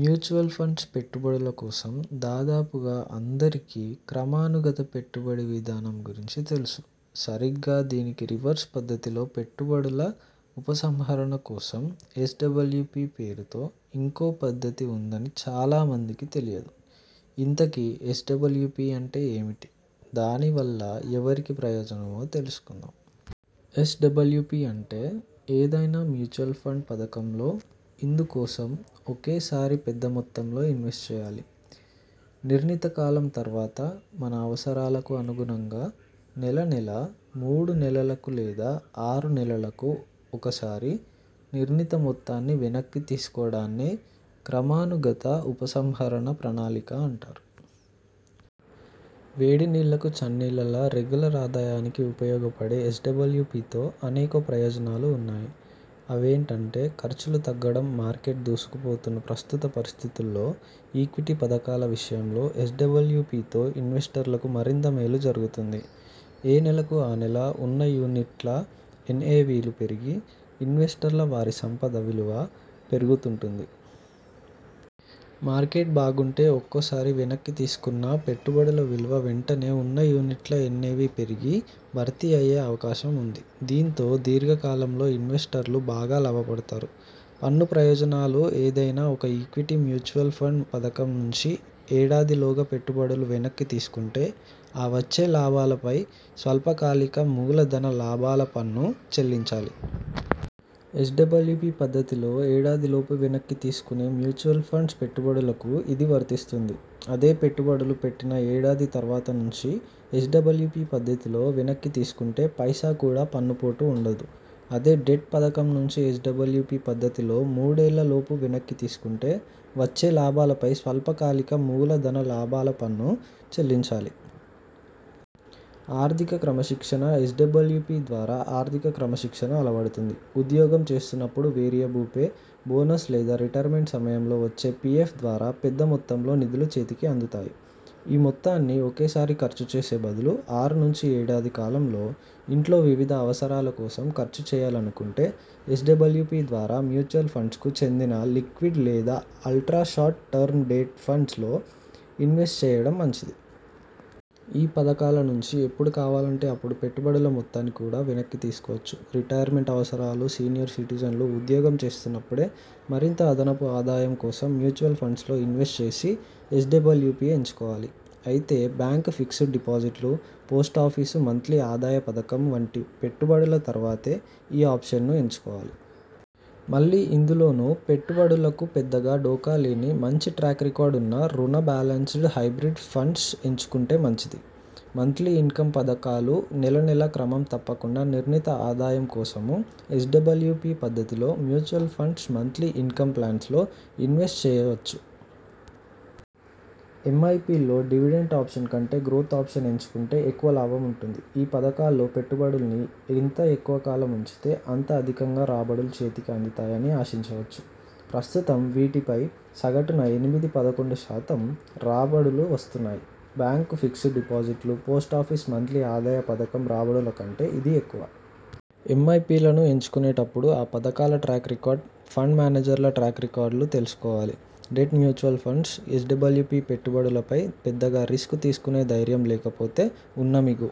Mutual funds పెట్టుబడుల కోసం దాదాపుగా అందరికీ క్రమాను గత పెట్టుబడి విధానం గురించి తెలుసు. సరిగ్గా దీనికి రివర్స్ పద్ధతిలో పెట్టుబడుల ఉపసంహరణ కోసం ఎస్డబ్ల్యుపి పేరుతో ఇంకో పద్ధతి ఉందని చాలా మందికి తెలియదు. ఇంతకీ ఎస్డబ్ల్యుపి అంటే ఏమిటి? దాని వల్ల ఎవరికి ప్రయోజనమో తెలుసుకుందాం. ఎస్డబ్ల్యుపి అంటే? ఏదైనా మ్యూచువల్ ఫండ్ పథకంలో ఇందు కోసం ఒకేసారి పెద్ద మొత్తంలో ఇన్వెస్ట్ చేయాలి. నిర్ణీత కాలం తర్వాత, మన అవసరాలకు అనుగుణంగా నెలనెలా, మూడు నెలలకు లేదా ఆరు నెలలకు ఒకసారి నిర్ణీత మొత్తాన్ని వెనక్కి తీసుకోవడాన్నే క్రమాను గత ఉపసంహరణ ప్రణాళిక అంటారు. వేడి నీళ్లకు చన్నీళ్లలా రెగ్యులర్ ఆదాయానికి ఉపయోగపడే ఎస్డబ్ల్యుపితో అనేక ప్రయోజనాలు ఉన్నాయి. అవేంటంటే ఖర్చులు తగ్గడంమార్కెట్ దూసుకు పోతున్న ప్రస్తుత పరిస్థితుల్లో ఈక్విటీ పథకాల విషయంలో ఎస్డబ్ల్యుపితో ఇన్వెస్టర్లకు మరింత మేలు జరుగుతుంది. ఏ నెలకు ఆ నెల ఉన్న యూనిట్ల ఎన్ఎవిలు పెరిగి, ఇన్వెస్టర్ల వారి సంపద విలువా పెరుగుతుంటుంది. మార్కెట్ బాగుంటే ఒక్కోసారి వెనక్కి తీసుకున్నపెట్టుబడుల విలువ వెంటనే ఉన్న యూనిట్ల ఎన్ఎవి పెరిగి భర్తీ అయ్యే అవకాశం ఉంది. దీంతో దీర్ఘ కాలంలో ఇన్వెస్టర్లు బాగా లాభపడతారు. పన్ను ప్రయోజనాలు ఏదైనా ఒక ఈక్విటీ మ్యూచువల్ ఫండ్ పథకం నుంచి ఏడాదిలోగా పెట్టుబడులు వెనక్కి తీసుకుంటే ఆ వచ్చే లాభాల పై స్వల్పకాలిక మూల ధన లాభాల పన్ను చెల్లించాలి. ఎస్డబ్ల్యుపి పద్ధతిలో ఏడాదిలోపు వెనక్కి తీసుకునే మ్యూచువల్ ఫండ్స్ పెట్టుబడులకూ ఇది వర్తిస్తుంది. అదే పెట్టుబడులు పెట్టిన ఏడాది తర్వాతి నుంచి ఎస్డబ్ల్యుపి పద్ధతిలో వెనక్కి తీసుకుంటే పైసా కూడా పన్నుపోటు ఉండదు. అదే డెట్ పథకం నుంచి ఎస్డబ్ల్యుపి పద్ధతిలో మూడేళ్ల లోపు వెనక్కి తీసుకుంటే వచ్చే లాభాలపై స్వల్ప కాలిక మూల ధన లాభాల పన్ను చెల్లించాలి. ఆర్థిక క్రమశిక్షణ ఎస్డబ్ల్యుపి ద్వారా ఆర్థిక క్రమశిక్షణ అలవడుతుంది. ఉద్యోగం చేస్తున్నపుడు వేరియేబు పే, బోనస్ లేదా రిటైర్మెంట్ సమయంలో వచ్చే పిఎఫ్ ద్వారా పెద్ద మొత్తంలో నిధులు చేతికి అందుతాయి. ఈ మొత్తాన్ని ఒకేసారి ఖర్చు చేసే బదులు ఆరు నుంచి ఏడాది కాలంలో ఇంట్లో వివిధ అవసరాల కోసం ఖర్చు చేయాలనుకుంటే ఎస్డబ్ల్యుపి ద్వారా మ్యూచువల్ ఫండ్స్కు చెందిన లిక్విడ్ లేదా అలా్ట్ర షార్ట్ టర్మ్ డెట్ ఫండ్స్లో ఇన్వెస్ట్ చేయడం మంచిది. ఈ పథకాల నుంచి ఎప్పుడు కావాలంటే అప్పుడు పెట్టుబడుల మొత్తాన్ని కూడా వెనక్కి తీసుకోవచ్చు. రిటైర్మెంట్ అవసరాలు సీనియర్ సిటిజన్లు ఉద్యోగం చేస్తున్నపుడే మరింత అదనపు ఆదాయం కోసం మ్యూచువల్ ఫండ్స్లో ఇన్వెస్ట్ చేసి ఎస్డబ్ల్యుపి ఎంచుకోవాలి. అయితే బ్యాంక్ ఫిక్స్డ్ డిపాజిట్లు, పోస్టాఫీసు మంత్లీ ఆదాయ పథకం వంటి పెట్టుబడుల తర్వాతే ఈ ఆప్షన్ను ఎంచుకోవాలి. మళ్లీ ఇందులోనూ పెట్టు బడులకు పెద్దగా ఢోకాలేని మంచి ట్రాక్ రికార్డు ఉన్న రుణ, బ్యాలెన్స్డ్, హైబ్రిడ్ ఫండ్స్ ఎంచుకుంటే మంచిది. మంత్లీ ఇన్కమ్ పథకాలు నెలనెలా క్రమం తప్పకుండా నిర్ణీత ఆదాయం కోసమూ ఎస్డబ్ల్యుపి పద్ధతిలో మ్యూచువ్ ఫండ్స్ మంత్లీ ఇన్కం ప్లాన్స్ లో ఇన్వెస్ట్ చేయవచ్చు. ఎంఐపిల్లో డివిడెండ్ ఆప్షన్ కంటే గ్రోత్ ఆప్షన్ ఎంచుకుంటే ఎక్కువ లాభం ఉంటుంది. ఈ పథకాల్లో పెట్టుబడుల్ని ఎంత ఎక్కువకాలం ఉంచితే అంత అధికంగా రాబడులు చేతికి అందుతాయని ఆశించవచ్చు. ప్రస్తుతం వీటిపై సగటున ఎనిమిది పదకొండు శాతం రాబడులు వస్తున్నాయి. బ్యాంక్ ఫిక్స్డ్ డిపాజిట్లు, పోస్టాఫీసు మంత్లీ ఆదాయ పథకం రాబడుల కంటే ఇది ఎక్కువ. ఎంఐపిలను ఎంచుకునేటప్పుడు ఆ పథకాల ట్రాక్ రికార్డు, ఫండ్ మేనేజర్ల ట్రాక్ రికార్టులు తెలుసు కోవాలి. డెట్ మ్యూచువల్ ఫండ్స్ ఎస్డబ్ల్యుపి పెట్టు బడులపై పెద్దగా రిస్కు తీసుకునే ధైర్యం లేకపోతే ఉన్న మిగు